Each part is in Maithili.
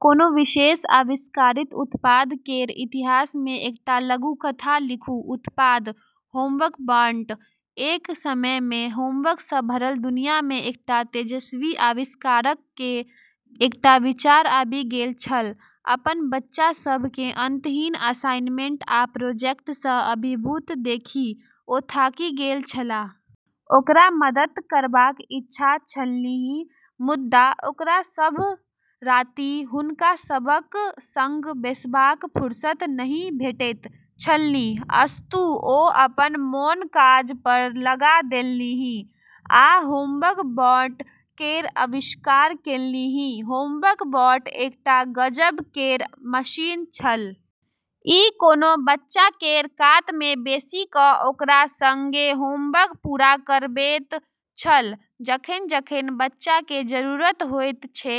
कोनो विशेष आविष्कारित उत्पाद केर इतिहास मे एकटा लघुकथा लिखू। उत्पाद: "होमवर्क बॉट"। एक समय मे होमवर्क सँ भरल दुनिया मे एकटा तेजस्वी आविष्कारक केँ एकटा विचार आबि गेल छल। अपन बच्चा सभ केँ अंतहीन असाइनमेंट आ प्रोजेक्ट सँ अभिभूत देखि ओ थाकि गेल छलाह। ओकरा मदद करबाक इच्छा छलन्हि, मुदा ओकरा सभ राति हुनका सभक संग बैसबाक फुर्सत नहि भेटैत छलन्हि। अस्तु, ओ अपन मोन काज पर लगा देलन्हि आ "होमवर्क बॉट" केर आविष्कार केलन्हि। होमवर्क बॉट एकटा गजब केर मशीन छल। ई कोनो बच्चा केर कात मे बैसि कऽ ओकरा संगे होमवर्क पूरा करबैत छल, जखन-जखन बच्चा केँ जरूरत होइत छै,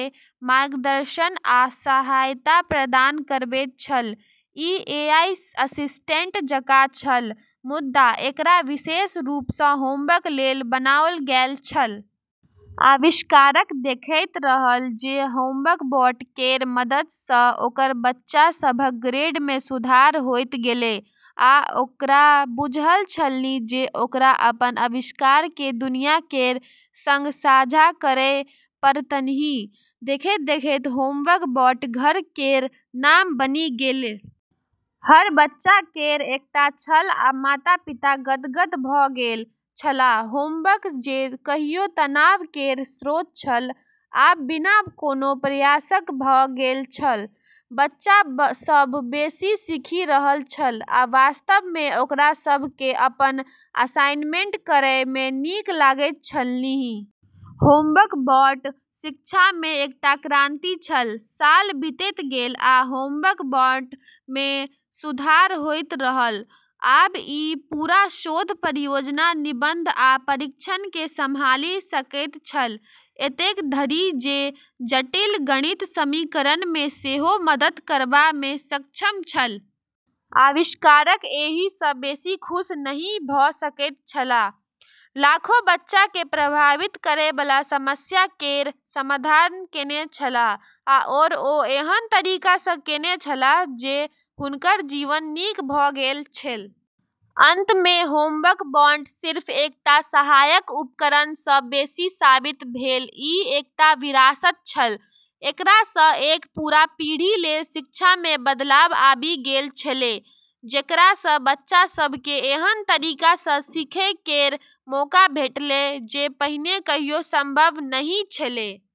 मार्गदर्शन आ सहायता प्रदान करबैत छल। ई एआई असिस्टेंट जकाँ छल, मुदा एकरा विशेष रूप सँ होमवर्क लेल बनाओल गेल छल। आविष्कारक देखैत रहल जे होमवर्क बॉट केर मदद सँ ओकर बच्चा सभक ग्रेड मे सुधार होइत गेलै, आ ओकरा बुझल छलन्हि जे ओकरा अपन आविष्कार केँ दुनिया केर संग साझा करए पड़तन्हि। देखैत-देखैत होमवर्क बॉट घर केर नाम बनि गेल। हर बच्चा केर एकटा छल आ माता-पिता गदगद भऽ गेल छलाह। होमवर्क जे कहियो तनाव केर स्रोत छल, आब बिना कोनो प्रयासक भऽ गेल छल। बच्चा सभ बेसी सीखि रहल छल, आ वास्तव मे ओकरा सभ केँ अपन असाइनमेंट करए मे नीक लागैत छलन्हि। होमवर्क बॉट शिक्षा मे एकटा क्रांति छल। साल बीतैत गेल, आ होमवर्क बॉट मे सुधार होइत रहल। आब ई पूरा शोध परियोजना, निबंध, आ परीक्षण केँ संभालि सकैत छल। एतेक धरि जे जटिल गणित समीकरण मे सेहो मदद करबा मे सक्षम छल। आविष्कारक एहि सँ बेसी खुश नहि भऽ सकैत छलाह। लाखों बच्चा केँ प्रभावित करए बला समस्या केर समाधान केने छलाह, आओर ओ एहन तरीका सँ केने छलाह जे हुनकर जीवन नीक भऽ गेल छल। अंत मे होमवर्क बॉट सिर्फ एकटा सहायक उपकरण सँ बेसी साबित भेल ई एकटा विरासत छल। एकरा सँ एक पूरा पीढ़ी लेल शिक्षा मे बदलाव आबि गेल छलै, जेकरा सँ बच्चा सभ केँ एहन तरीका सँ सीखै केर मौका भेटलै जे पहिने कहियो संभव नहि छलै।